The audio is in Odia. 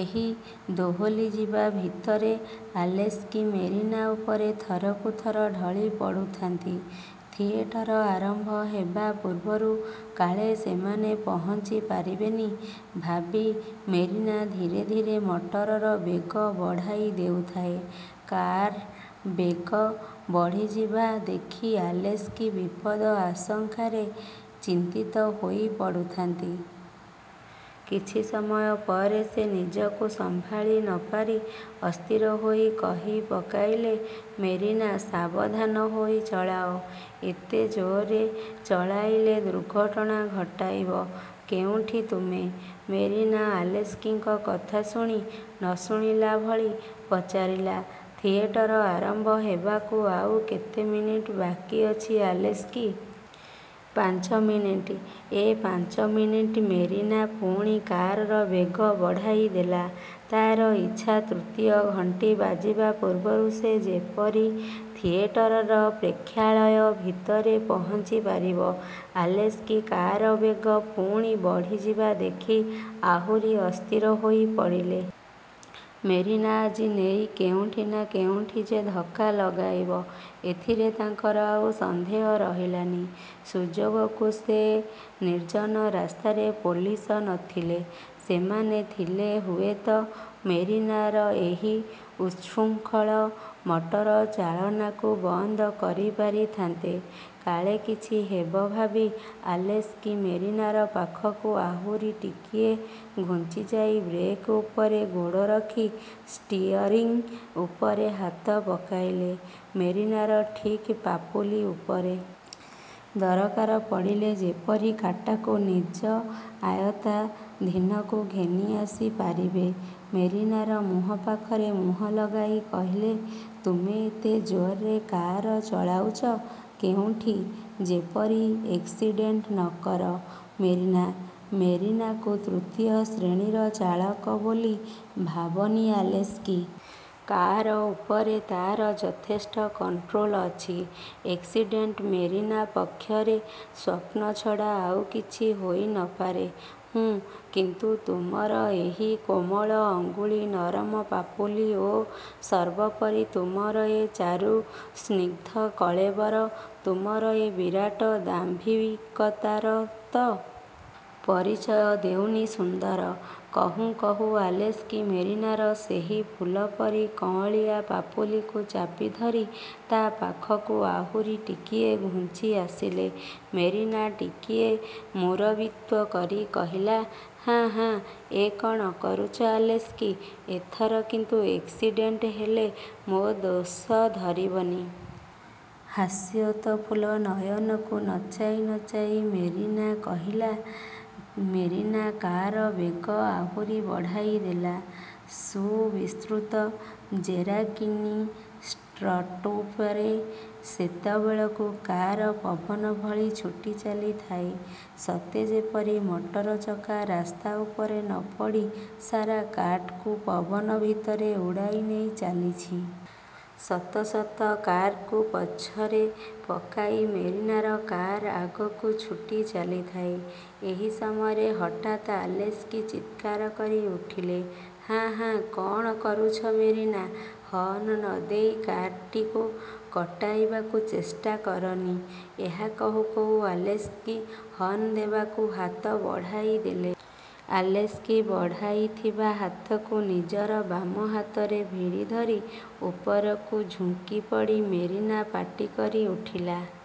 ଏହି ଦୋହଲିଯିବା ଭିତରେ ଆଲେସ୍କି ମେରିନା ଉପରେ ଥରକୁ ଥର ଢଳି ପଡ଼ୁଥାନ୍ତି। ଥିଏଟର ଆରମ୍ଭ ହେବା ପୂର୍ବରୁ କାଳେ ସେମାନେ ପହଞ୍ଚି ପାରିବେନି ଭାବି ମେରିନା ଧୀରେ ଧିୀରେ ମଟରର ବେଗ ବଢ଼ାଇ ଦେଉଥାଏ। କାର୍ର ବେଗ ବଢ଼ିଯିବା ଦେଖି ଆଲେସ୍କି ବିପଦ ଆଶଙ୍କାରେ ଚିନ୍ତିତ ହୋଇପଡ଼ୁଥାନ୍ତି। କିଛି ସମୟ ପରେ ସେ ନିଜକୁ ସମ୍ଭାଳି ନପାରି ଅସ୍ଥିର ହୋଇ କହିପକାଇଲେ–''ମେରିନା, ସାବଧାନ ହୋଇ ଚଳାଅ। ଏତେ ଜୋରରେ ଚଳାଇଲେ ଦୁର୍ଘଟଣା ଘଟାଇବ କେଉଁଠି ତୁମେ। '' ମେରିନା ଆଲେସ୍କିଙ୍କ କଥା ଶୁଣି ନଶୁଣିଲାଭଳି ପଚାରିଲା, ''ଥିଏଟର ଆରମ୍ଭ ହେବାକୁ ଆଉ କେତେ ମିନିଟ୍ ବାକି ଅଛି ଆଲେସ୍କି? '' ''ପାଞ୍ଚମିନିଟ୍। '' ''ଏଁ, ପାଞ୍ଚମିନଟ୍? '' ମେରିନା ପୁଣି କାରର ବେଗ ବଢ଼ାଇଦେଲା। ତା'ର ଇଚ୍ଛା ତୃତୀୟ ଘଣ୍ଟି ବାଜିବା ପୂର୍ବରୁ ସେ ଯେପରି ଥିଏଟରର ପ୍ରେକ୍ଷାଳୟ ଭିତରେ ପହଞ୍ଚି ପାରିବ। ଆଲେସ୍କି କାର୍ର ବେଗ ପୁଣି ବଢ଼ିଯିବା ଦେଖି ଆହୁରି ଅସ୍ଥିର ହୋଇ ପଡ଼ିଲେ। ମେରିନା ଆଜି ନେଇ କେଉଁଠି ନା କେଉଁଠି ଯେ ଧକ୍କା ଲଗାଇବ, ଏଥିରେ ତାଙ୍କର ଆଉ ସନ୍ଦେହ ରହିଲାନି। ସୁଯୋଗକୁ ସେ ନିର୍ଜ୍ଜନ ରାସ୍ତାରେ ପୋଲିସ ନ ଥିଲେ। ସେମାନେ ଥିଲେ ହୁଏତ ମେରିନାର ଏହି ଉଚ୍ଛୃଙ୍ଖଳ ମଟରଚାଳନାକୁ ବନ୍ଦ କରିପାରିଥାନ୍ତେ। '' କାଳେ କିଛି ହେବ ଭାବି ଆଲେସ୍କି ମେରିନାର ପାଖକୁ ଆହୁରି ଟିକିଏ ଘୁଞ୍ଚିଯାଇ ବ୍ରେକ୍ ଉପରେ ଗୋଡ଼ ରଖି ଷ୍ଟିଅରିଂ ଉପରେ ହାତ ପକାଇଲେ ମେରିନାର ଠିକ୍ ପାପୁଲି ଉପରେ। ଦରକାର ପଡ଼ିଲେ ଯେପରି କାର୍ଟାକୁ ନିଜ ଆୟତ୍ତାଧୀନକୁ ଘେନି ଆସି ପାରିବେ। ମେରିନାର ମୁହଁ ପାଖରେ ମୁହଁ ଲଗାଇ କହିଲେ, ''ତୁମେ ଏତେ ଜୋର୍ରେ କାର୍ ଚଳାଉଚ, କେଉଁଠି ଯେପରି ଏକ୍ସିଡ଼େଣ୍ଟ ନ କର ମେରିନା! '' ''ମେରିନାକୁ ତୃତୀୟ ଶ୍ରେଣୀର ଚାଳକ ବୋଲି ଭାବନି ଆଲେସ୍କି! କାର ଉପରେ ତାର ଯଥେଷ୍ଟ କଣ୍ଟ୍ରୋଲ ଅଛି। ଏକ୍ସିଡେଣ୍ଟ ମେରିନା ପକ୍ଷରେ ସ୍ୱପ୍ନ ଛଡ଼ା ଆଉ କିଛି ହୋଇ ନ ପାରେ-। '' ''ହୁଁ? କିନ୍ତୁ, ତୁମର ଏହି କୋମଳ ଅଙ୍ଗୁଳି, ନରମ ପାପୁଲି ଓ ସର୍ବୋପରି ତୁମର ଏ ଚାରୁ ସ୍ନିଗ୍ଧ କଳେବର, ତୁମର ଏ ବିରାଟ ଦାମ୍ଭିକତାର ତ। ପରିଚୟ ଦେଉନି ସୁନ୍ଦର? '' କହୁଁ କହୁଁ ଆଲେସ୍କି ମେରିନାର ସେହି ଫୁଲପରି କଅଁଳିଆ ପାପୁଲିକୁ ଚାପିଧରି ତା ପାଖକୁ ଆହୁରି ଟିକିଏ ଘୁଞ୍ଚି ଆସିଲେ। ମେରିନା ଟିକିଏ ମୁରବିତ୍ୱ କରି କହିଲା, ''ହାଁ, ହାଁ, ଏ କ'ଣ କରୁଚ ଆଲେସ୍କି! ଏଥର କିନ୍ତୁ ଏକ୍ସିଡ଼େଣ୍ଟ ହେଲେ ମୋ ଦୋଷ ଧରିବନି। '' ହାସ୍ୟୋତ୍ଫୁଲ୍ଲ ନୟନକୁ ନଚାଇ ନଚାଇ ମେରିନା କହିଲା। ମେରିନା କାର୍ର ବେଗ ଆହୁରି ବଢ଼ାଇଦେଲା। ସୁବିସ୍ତୃତ ଜେରାକିନୀ ଷ୍ଟ୍ରିଟ୍ଉପରେ ସେତେବେଳକୁ କାର୍ ପବନଭଳି ଛୁଟି ଚାଲିଥାଏ, ସତେ ଯେପରି ମଟର ଚକା ରାସ୍ତା ଉପରେ ନ ପଡ଼ି ସାରା କାର୍ଟିକୁ ପବନ ଭିତରେ ଉଡ଼ାଇ ନେଇ ଚାଲିଛି। ଶତଶତ କାର୍କୁ ପଛରେ ପକାଇ ମେରିନାର କାର୍ ଆଗକୁ ଛୁଟି ଚାଲିଥାଏ। ଏହି ସମୟରେ ହଠାତ୍ ଆଲେସ୍କି ଚିତ୍କାର କରି ଉଠିଲେ, ''ହାଁ, ହାଁ, କ'ଣ କରୁଛ ମେରିନା! ହର୍ଣ୍ଣ ନ ଦେଇ କାର୍ଟିକୁ କଟାଇବାକୁ ଚେଷ୍ଟା କରନି। '' ଏହା କହୁ କହୁ ଆଲେସ୍କି ହର୍ଣ୍ଣ ଦେବାକୁ ହାତ ବଢ଼ାଇଦେଲେ। ଆଲେସ୍କି ବଢ଼ାଇଥିବା ହାତକୁ ନିଜର ବାମ ହାତରେ ଭିଡ଼ି ଧରି ଉପରକୁ ଝୁଙ୍କିପଡ଼ି ମେରିନା ପାଟିକରି ଉଠିଲା-